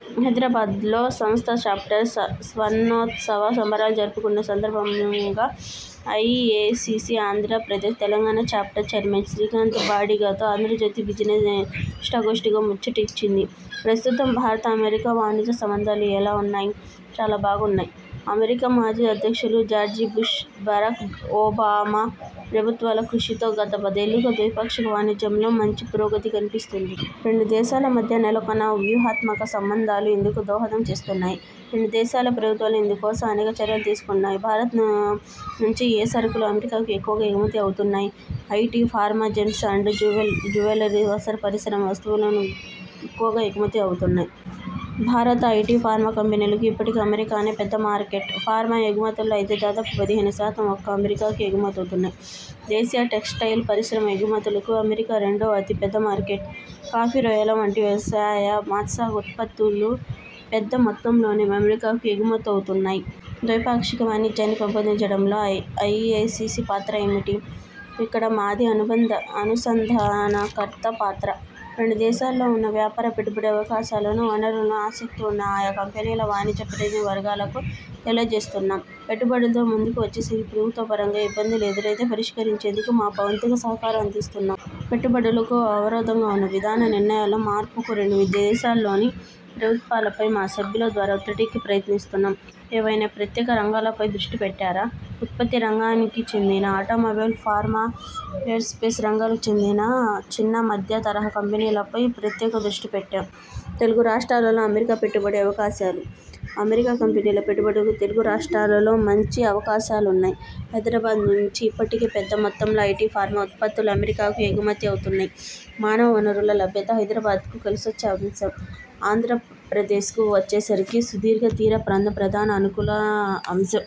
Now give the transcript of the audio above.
హైదరాబాద్లో సంస్థ చాప్టర్ స్వర్ణోత్సవ సంబరాలు జరుపుకుంటున్న సందర్భంగా IACC Andhra Pradesh, Telangana chapter chairman Srikanth బాడిగతో 'ఆంధ్రజ్యోతి బిజినెస్' ఇష్టాగోష్టిగా ముచ్చటించింది. ప్రస్తుతం భారత-అమెరికా వాణిజ్య సంబంధాలు ఎలా ఉన్నాయి? చాలా బాగున్నాయి. అమెరికా మాజీ అధ్యక్షులు జార్జి బుష్, బరాక్ ఒబామా ప్రభుత్వాల కృషితో గత పదేళ్లుగా ద్వైపాక్షిక వాణిజ్యంలో మంచి పురోగతి కనిపిస్తోంది. రెండు దేశాల మద్య నెలకొన్న వ్యూహాత్మక సంబంధాలూ ఇందుకు దోహదం చేస్తున్నాయి. రెండు దేశాల ప్రభుత్వాలు ఇందుకోసం అనేక చర్యలు తీసుకుంటున్నాయి. భారత్ నుంచి ఏయే సరుకులు అమెరికాకు ఎక్కువగా ఎగుమతి అవుతున్నాయి? IT, pharma, gems and jewellery, వస్త్ర పరిశ్రమ వస్తువులు ఎక్కువగా ఎగుమతి అవుతున్నాయి. భారత ఐటి, ఫార్మా కంపెనీలకు ఇప్పటికీ అమెరికానే పెద్ద మార్కెట్. ఫార్మా ఎగుమతుల్లో అయితే దాదాపు పదిహేను శాతం ఒక్క అమెరికాకే ఎగుమతవుతున్నాయి. దేశీయ టెక్స్టైల్ పరిశ్రమ ఎగుమతులకూ అమెరికా రెండో అతి పెద్ద మార్కెట్. కాఫీ, రొయ్యల వంటి వ్యవసాయ, మత్స్య ఉత్పత్తులూ పెద్ద మొత్తంలోనే అమెరికాకు ఎగుమతవుతున్నాయి. ద్వైపాక్షిక వాణిజ్యాన్ని పెంపొందించడంలో ఐఎసిసి పాత్ర ఏమిటి? ఇక్కడ మాది అనుసంధానకర్త పాత్ర. రెండు దేశాల్లో ఉన్న వ్యాపార, పెట్టుబడి అవకాశాలను, వనరులను ఆసక్తి ఉన్న ఆయా కంపెనీల, వాణిజ్య ప్రతినిధి వర్గాలకు తెలియజేస్తున్నాం. పెట్టుబడులతో ముందుకు వచ్చేవారికి ప్రభుత్వ పరంగా ఇబ్బందులు ఎదురైతే పరిష్కరించేందుకు మా వంతుగా సహకారం అందిస్తున్నాం. పెట్టుబడులకు అవరోధంగా ఉన్న విధాన నిర్ణయాల్లో మార్పుకు రెండు దేశాల్లోనూ ప్రభుత్వాలపై మా సభ్యుల ద్వారా ఒత్తిడికి ప్రయత్నిస్తున్నాం. ఏవైనా ప్రత్యేక రంగాలపై దృష్టి పెట్టారా? ఉత్పత్తి రంగానికి చెందిన ఆటోమొబైల్, ఫార్మా, ఏరోస్పేస్ రంగాలకు చెందిన చిన్న, మధ్య తరహా కంపెనీల పై ప్రత్యేక దృష్టి పెట్టాం. తెలుగు రాష్ట్రాల్లో అమెరికా పెట్టుబడి అవకాశాలు? అమెరికా కంపెనీల పెట్టుబడులకు తెలుగు రాష్ట్రాల్లో మంచి అవకాశాలున్నాయి. హైదరాబాద్ నుంచి ఇప్పటికే పెద్ద మొత్తంలో ఐటి, ఫార్మా ఉత్పత్తులు అమెరికాకు ఎగుమతి అవుతున్నాయి. మానవ వనరుల లభ్యత హైదరాబాద్కు కలిసొచ్చే అంశం. ఆంధ్ర ప్రదేశ్కు వచ్చేసరికి సుదీర్ఘ తీర ప్రాంతం ప్రధాన అనుకూల అంశం.